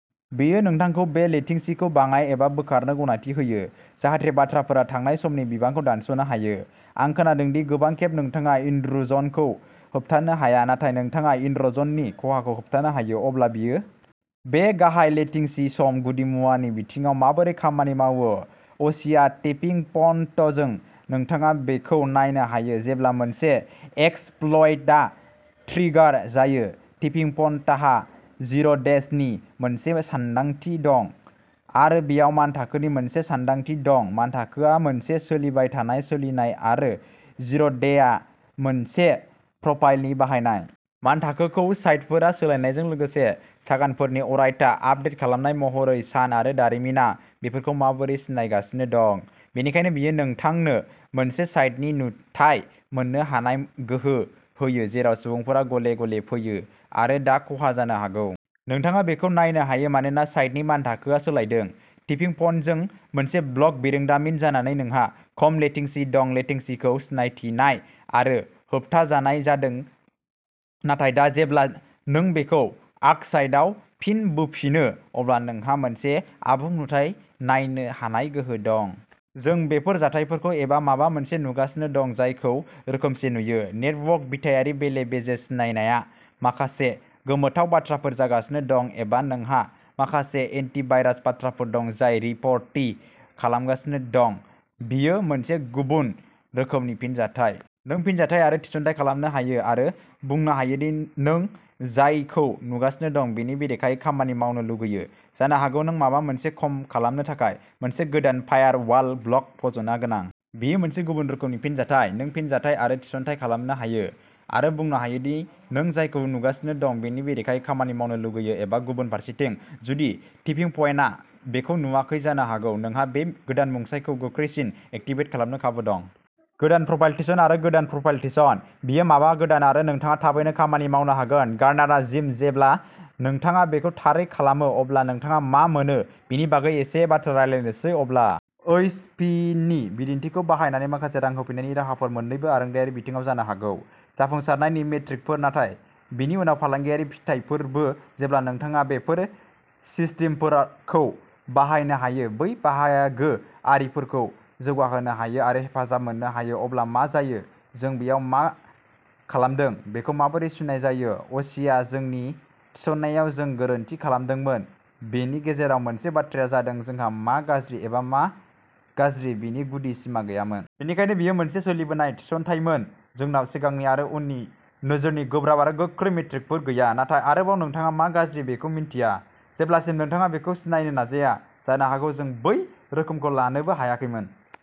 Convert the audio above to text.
बेयो नोंथांखौ बै लेटेंसीखौ बाङाइ एबा बोखारनो गनायथि होयो जाहाथे बाथ्राफोरा थांनाय समनि बिबांखौ दानस'नो हायो। आं खोनादों दि गोबां खेब नोंथाङा इन्ट्रुजनखौ होबथानो हाया नाथाय नोंथाङा इन्ट्रुजननि खहाखौ होबथानो हायो। अब्ला बेयो बे गाहाय लेटेंसी सम गुदिमुवानि बिथिङाव माबोरै खामानि मावो अशीया टिपिंप'न्टजों नोंथाङा बेखौ नायनो हायो जेब्ला मोनसे एक्सप्लइटआ ट्रिगार जायो टिपिंप'न्टहा जिर'डेजनि मोनसे सानदांथि दं आरो बेयाव मानथाखोनि मोनसे सानदांथि दं मानथाखोआ मोनसे सोलिबाय थानाय सोलायनाय आरो जिर'डेआ मोनसे प्रफाइलनि बाहायनाय। मानथाखोखौ साइतफोरा सोलायनायजों लोगोसे सागानफोरनि अरायथा आपदेट खालामनाय महरै सान आरो दारिमिनआ बेफोरखौ माबोरै सिनायगासिनो दं। बेनिखायनो बेयो नोंथांनो मोनसे साइटनि नुथाय मोन्नो हानाय गोहो होयो जेराव सुबुंफोरा गले गले फैयो आरो दा खहा जानो हागौ। नोंथाङा बेखौ नायनो हायो मानोना साइटनि मानथाखोआ सोलायदों। टिपिंप'न्टजों मोनसे ब्लक बिरोंदामिन जानानै नोंहा खम लेटेंसी दं लेटेंसीखौ सिनायथिनाय आरो होबथाजानाय जादों नाथाय दा जेब्ला नों बेखौ आर्कसाइटआव फिन बोफिनो अब्ला नोंहा मोनसे आबुं नुथाय नायनो हानाय गोहो दं। जों बेफोर जाथायफोरखौ एबा माबा मोनसे नुगासिनो दं जायखौ रोखोमसे नुयो। नेटवर्क बिथायारि बेले बेजे सिनायनाया माखासे गोमोथाव बाथ्राफोर जागासिनो दं एबा नोंहा माखासे एन्टिभाइरास बाथ्राफोर दं जाय रिपर्टिं खालामगासिनो दं। बेयो मोनसे गुबुन रोखोमनि फिनजाथाय। नों फिनजाथाय आरो थिसनथाइ खालामनो हायो आरो बुंनो हायो दि नों जायखौ नुगासिनो दं बिनि बेरेखायै खामानि मावनो लुगैयो। जानो हागौ नों माबा मोनसे खम खालामनो थाखाय मोनसे गोदान फायारवाल ब्लक फज'नो गोनां। बेयो मोनसे गुबुन रोखोमनि फिनजाथाय। नों फिनजाथाय आरो थिसनथाइ खालामनो हायो आरो बुंनो हायो दि नों जायखौ नुगासिनो दं बिनि बेरेखायै खामानि मावनो लुगैयो एबा गुबुन फारसेथिं जुदि टिपिंपइन्टआ बेखौ नुवाखै जानो हागौ नोंहा बे गोदान मुंसाइखौ गोख्रैसिनै एक्टिभेट खालामनो खाबु दं। गोदान प्रफाइल थिसन आरो गोदान प्रफाइल थिसन। बेयो माबा गोदान आरो नोंथाङा थाबैनो खामानि मावनो हागोन। गार्डनार जिम जेब्ला नोंथाङा बेखौ थारै खालामो अब्ला नोंथाङा मा मोनो बेनि बागै एसे बाथ्रा रायज्लायनोसै अब्ला ओस पि नि बिदिन्थिखौ बाहायनानै माखासे रां होफिन्नायनि राहाफोर मोननैबो आरोंदायारि बिथिङाव जानो हागौ जाफुंसारनायनि मेट्रिकफोर नाथाय बेनि उनाव फालांगियारि फिथायफोरबो जेब्ला नोंथाङा बेफोर सिस्टेमफोरखौ बाहायनो हायो बै बाहागोआरिफोरखौ जौगाहोनो हायो आरो हेफाजाब मोननो हायो अब्ला मा जायो जों बेयाव मा खालामदों बेखौ माबोरै सुनाय हायो अ'शीया जोंनि थिसननायाव जों गोरोन्थि खालामदोंमोन बेनि गेजेराव मोनसे बाथ्राया जादों जोंहा मा गाज्रि एबा मा गाज्रि बेनि गुदि सिमा गैयामोन। बेनिखायनो बेयो मोनसे सोलिबोनाय थिसनथायमोन जोंनाव सिगांनि आरो उननि नोजोरनि गोब्राब आरो गोख्रै मेट्रिकफोर गैया। नाथाय आरोबाव नोंथाङा मा गाज्रि बेखौ मिन्थिया जेब्लासिम नोंथाङा बेखौ सिनायनो नाजाया। जानो हागौ जों बै रोखोमखौ लानोबो हायाखैमोन।